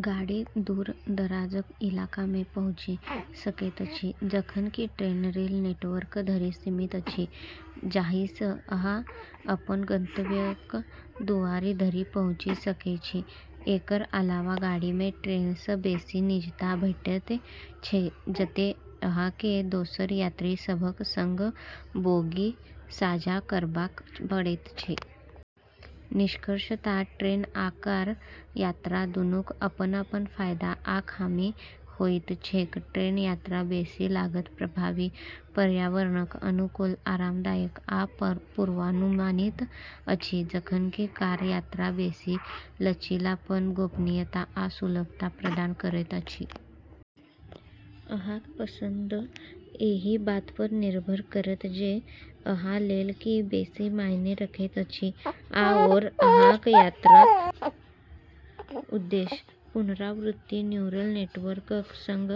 गाड़ी दूर-दराजक इलाकामे पहुँचि सकैत अछि, जखन कि ट्रेन रेल नेटवर्क धरि सीमित अछि, जाहिसँ अहाँ अपन गंतव्यक दुआरी धरि पहुँचि सकै छी। एकर अलावा गाड़ीमे ट्रेनसँ बेसी निजता भेटैत छै, जतै अहाँकेँ दोसर यात्री सभक संग बोगी साझा करबाक पड़ैत छै। निष्कर्षतः ट्रेन आ कार यात्रा दूनूक अपन-अपन फायदा आ खामी होइत छैक। ट्रेन यात्रा बेसी लागत प्रभावी, पर्यावरणक अनुकूल, आरामदायक आ पूर्वानुमानित अछि, जखन कि कार यात्रा बेसी लचीलापन, गोपनीयता आ सुलभता प्रदान करैत अछि। अहाँक पसंद एहि बातपर निर्भर करत जे अहाँ लेल की बेसी मायने रखैत अछि आओर अहाँक यात्राक उद्देश्य। पुनरावर्ती न्यूरल नेटवर्कक संग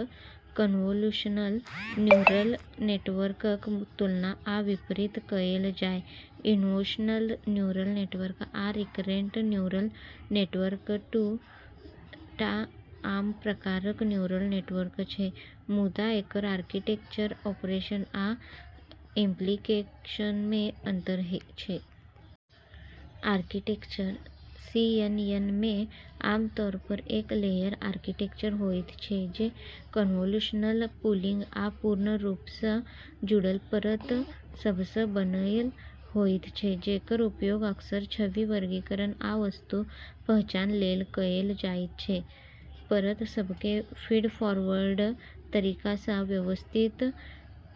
कन्वोल्यूशनल न्यूरल नेटवर्कक तुलना आ विपरीत कएल जाय। कन्वोल्यूशनल न्यूरल नेटवर्क आ रिकरेंट न्यूरल नेटवर्क दू टा आम प्रकारक न्यूरल नेटवर्क छै, मुदा एकर आर्किटेक्चर, ऑपरेशन आ एप्लीकेशनमे अंतर छै। आर्किटेक्चर: सीएनएनमे आमतौरपर एक लेयर आर्किटेक्चर होइत छै जे कन्वोल्यूशनल, पूलिंग आ पूर्ण रूपसँ जुड़ल परत सभसँ बनल होइत छै, जेकर उपयोग अक्सर छवि वर्गीकरण आ वस्तु पहचान लेल कएल जाइत छै। परत सभकेँ फीडफोरवर्ड तरीकासँ व्यवस्थित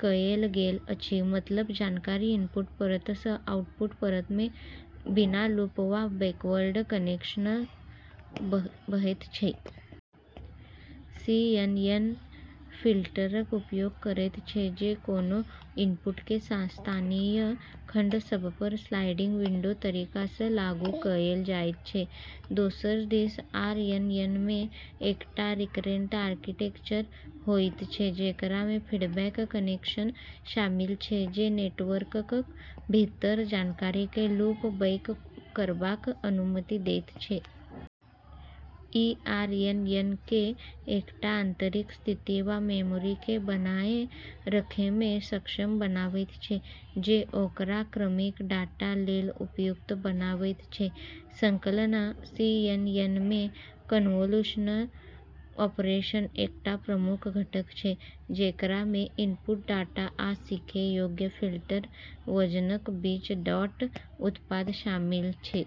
कएल गेल अछि, मतलब जानकारी इनपुट परतसँ आउटपुट परतमे बिना लूप वा बैकवर्ड कनेक्शनक बहैत छै। सीएनएन फिल्टरक उपयोग करैत छै जे कोनो इनपुटकेँ स्थानीय खंड सभपर स्लाइडिंग विंडो तरीकासँ लागू कएल जाइत छै। दोसर दिस आरएनएनमे एकटा रिकरेंट आर्किटेक्चर होइत छै जेकरामे फीडबैक कनेक्शन शामिल छै, जे नेटवर्कक भीतर जानकारीकेँ लूप बैक करबाक अनुमति दैत छै। ई आरएनएनकेँ एकटा आंतरिक स्थिति वा मेमोरीकेँ बनाए रखैमे सक्षम बनावैत छै, जे ओकरा क्रमिक डाटा लेल उपयुक्त बनावैत छै। संचालन: सीएनएनमे, कन्वोल्यूशन ऑपरेशन एकटा प्रमुख घटक छै, जेकरामे इनपुट डाटा आ सीखै योग्य फिल्टर वजनक बीच डॉट उत्पाद शामिल छै।